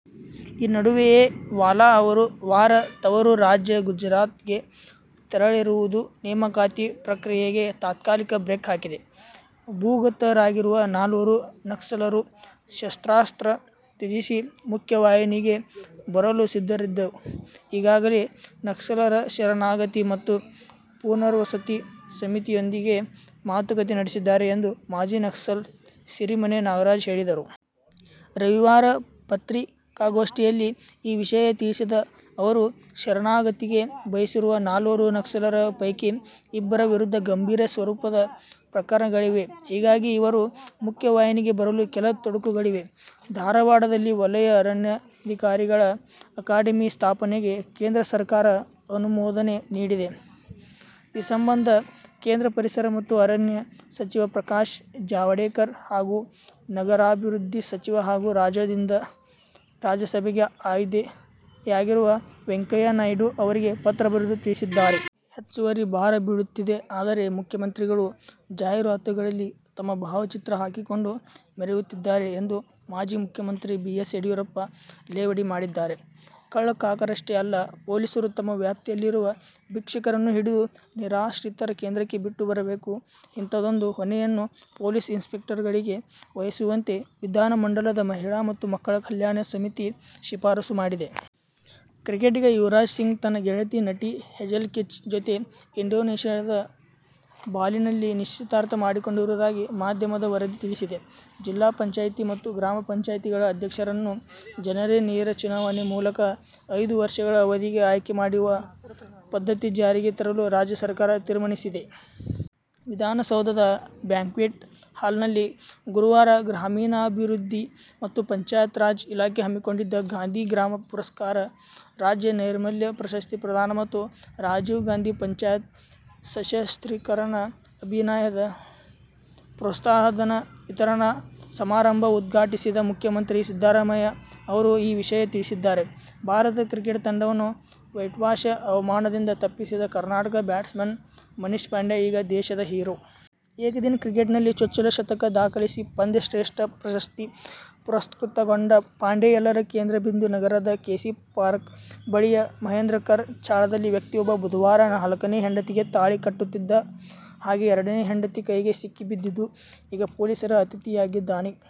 ಈ ನಡುವೆಯೇ ವಾಲಾ ಅವರು ವಾರ ತವರು ರಾಜ್ಯ ಗುಜರಾತ್ಗೆ ತೆರಳಿರುವುದು ನೇಮಕಾತಿ ಪ್ರಕ್ರಿಯೆಗೆ ತಾತ್ಕಾಲಿಕ ಬ್ರೇಕ್ ಹಾಕಿದೆ. ಭೂಗತರಾಗಿರುವ ನಾಲ್ವರು ನಕ್ಸಲರು ಶಸ್ತ್ರಾಸ್ತ್ರ ತ್ಯಜಿಸಿ ಮುಖ್ಯವಾಹಿನಿಗೆ ಬರಲು ಸಿದ್ಧರಿದ್ದು, ಈಗಾಗಲೇ ನಕ್ಸಲರ ಶರಣಾಗತಿ ಮತ್ತು ಪುನರ್ವಸತಿ ಸಮಿತಿಯೊಂದಿಗೆ ಮಾತುಕತೆ ನಡೆಸಿದ್ದಾರೆ ಎಂದು ಮಾಜಿ ನಕ್ಸಲ್ ಸಿರಿಮನೆ ನಾಗರಾಜ ಹೇಳಿದರು. ರವಿವಾರ ಪತ್ರಿಕಾಗೋಷ್ಠಿಯಲ್ಲಿ ಈ ವಿಷಯ ತಿಳಿಸಿದ ಅವರು, ಶರಣಾಗತಿಗೆ ಬಯಸಿರುವ ನಾಲ್ವರು ನಕ್ಸಲರ ಪೈಕಿ ಇಬ್ಬರ ವಿರುದ್ಧ ಗಂಭೀರ ಸ್ವರೂಪದ ಪ್ರಕರಣಗಳಿವೆ. ಹೀಗಾಗಿ ಇವರು ಮುಖ್ಯವಾಹಿನಿಗೆ ಬರಲು ಕೆಲ ತೊಡಕುಗಳಿವೆ. ಧಾರವಾಡದಲ್ಲಿ ವಲಯ ಅರಣ್ಯಾಧಿಕಾರಿಗಳ ಅಕಾಡೆಮಿ ಸ್ಥಾಪನೆಗೆ ಕೇಂದ್ರ ಸರ್ಕಾರ ಅನುಮೋದನೆ ನೀಡಿದೆ. ಈ ಸಂಬಂಧ ಕೇಂದ್ರ ಪರಿಸರ ಮತ್ತು ಅರಣ್ಯ ಸಚಿವ ಪ್ರಕಾಶ್ ಜಾವಡೇಕರ್ ಅವರು ನಗರಾಭಿವೃದ್ಧಿ ಸಚಿವ ಹಾಗೂ ರಾಜ್ಯದಿಂದ ರಾಜ್ಯಸಭೆಗೆ ಆಯ್ದೆಯಾಗಿರುವ ವೆಂಕಯ್ಯನಾಯ್ಡು ಅವರಿಗೆ ಪತ್ರ ಬರೆದು ತಿಳಿಸಿದ್ದಾರೆ. ಹೆಚ್ಚುವರಿ ಭಾರ ಬೀಳುತ್ತಿದೆ. ಆದರೆ, ಮುಖ್ಯಮಂತ್ರಿಗಳು ಜಾಹೀರಾತುಗಳಲ್ಲಿ ತಮ್ಮ ಭಾವಚಿತ್ರ ಹಾಕಿಕೊಂಡು ಮೆರೆಯುತ್ತಿದ್ದಾರೆ ಎಂದು ಮಾಜಿ ಮುಖ್ಯಮಂತ್ರಿ ಬಿ. ಎಸ್. ಯಡಿಯೂರಪ್ಪ ಲೇವಡಿ ಮಾಡಿದ್ದಾರೆ. ಕಳ್ಳಕಾಕರಷ್ಟೇ ಅಲ್ಲ, ಪೊಲೀಸರು ತಮ್ಮ ವ್ಯಾಪ್ತಿಯಲ್ಲಿರುವ ಭಿಕ್ಷುಕರನ್ನೂ ಹಿಡಿದು ನಿರಾಶ್ರಿತರ ಕೇಂದ್ರಕ್ಕೆ ಬಿಟ್ಟು ಬರಬೇಕು. ಇಂತಹದ್ದೊಂದು ಹೊಣೆಯನ್ನು ಪೊಲೀಸ್ ಇನ್ಸ್ಪೆಕ್ಟರ್ಗಳಿಗೆ ವಹಿಸುವಂತೆ ವಿಧಾನಮಂಡಲದ ಮಹಿಳಾ ಮತ್ತು ಮಕ್ಕಳ ಕಲ್ಯಾಣ ಸಮಿತಿ ಶಿಫಾರಸು ಮಾಡಿದೆ. ಕ್ರಿಕೆಟಿಗ ಯುವರಾಜ್ ಸಿಂಗ್ ತನ್ನ ಗೆಳತಿ, ನಟಿ ಹೇಜೆಲ್ ಕೀಚ್ ಜೊತೆ ಇಂಡೋನೇಷ್ಯಾದ ಬಾಲಿಯಲ್ಲಿ ನಿಶ್ಚಿತಾರ್ಥ ಮಾಡಿಕೊಂಡಿರುವುದಾಗಿ ಮಾಧ್ಯಮದ ವರದಿ ತಿಳಿಸಿದೆ. ಜಿಲ್ಲಾ ಪಂಚಾಯ್ತಿ ಮತ್ತು ಗ್ರಾಮ ಪಂಚಾಯ್ತಿಗಳ ಅಧ್ಯಕ್ಷರನ್ನು ಜನರೇ ನೇರ ಚುನಾವಣೆ ಮೂಲಕ ಐದು ವರ್ಷಗಳ ಅವಧಿಗೆ ಆಯ್ಕೆ ಮಾಡುವ ಪದ್ಧತಿ ಜಾರಿಗೆ ತರಲು ರಾಜ್ಯ ಸರ್ಕಾರ ತೀರ್ಮಾನಿಸಿದೆ. ವಿಧಾನಸೌಧದ ಬ್ಯಾಂಕ್ವೆಟ್ ಹಾಲ್ನಲ್ಲಿ ಗುರುವಾರ ಗ್ರಾಮೀಣಾಭಿವೃದ್ಧಿ ಮತ್ತು ಪಂಚಾಯತ್ರಾಜ್ ಇಲಾಖೆ ಹಮ್ಮಿಕೊಂಡಿದ್ದ ಗಾಂಧಿ ಗ್ರಾಮ ಪುರಸ್ಕಾರ, ರಾಜ್ಯ ನೈರ್ಮಲ್ಯ ಪ್ರಶಸ್ತಿ ಪ್ರದಾನ ಮತ್ತು ರಾಜೀವ್ಗಾಂಧಿ ಪಂಚಾಯತ್ ಸಶಸ್ತೀಕರಣ ಅಭಿಯಾನದ ಪ್ರೋತ್ಸಾಹಧನ ವಿತರಣಾ ಸಮಾರಂಭ ಉದ್ಘಾಟಿಸಿದ ಮುಖ್ಯಮಂತ್ರಿ ಸಿದ್ದರಾಮಯ್ಯ ಅವರು ಈ ವಿಷಯ ತಿಳಿಸಿದ್ದಾರೆ. ಭಾರತ ಕ್ರಿಕೆಟ್ ತಂಡವನ್ನು ವೈಟ್ವಾಷ್ ಅವಮಾನದಿಂದ ತಪ್ಪಿಸಿದ ಕರ್ನಾಟಕ ಬ್ಯಾಟ್ಸ್ಮನ್ ಮನೀಶ್ ಪಾಂಡೆ ಈಗ ದೇಶದ ಹೀರೋ. ಏಕದಿನ ಕ್ರಿಕೆಟ್ನಲ್ಲಿ ಚೊಚ್ಚಲ ಶತಕ ದಾಖಲಿಸಿ ಪಂದ್ಯಶ್ರೇಷ್ಠ ಪ್ರಶಸ್ತಿ ಪುರಸ್ಕೃತಗೊಂಡ ಪಾಂಡೆ ಎಲ್ಲರ ಕೇಂದ್ರಬಿಂದು. ನಗರದ ಕೆ. ಸಿ. ಪಾರ್ಕ್ ಬಳಿಯ ಮಹೇಂದ್ರಕರ ಚಾಳದಲ್ಲಿ ವ್ಯಕ್ತಿಯೊಬ್ಬ ಬುಧವಾರ ನಾಲ್ಕನೇ ಹೆಂಡತಿಗೆ ತಾಳಿ ಕಟ್ಟುತ್ತಿದ್ದ ಹಾಗೆ ಎರಡನೇ ಹೆಂಡತಿ ಕೈಗೆ ಸಿಕ್ಕಿ ಬಿದ್ದಿದ್ದು, ಈಗ ಪೊಲೀಸರ ಅತಿಥಿಯಾಗಿದ್ದಾನೆ.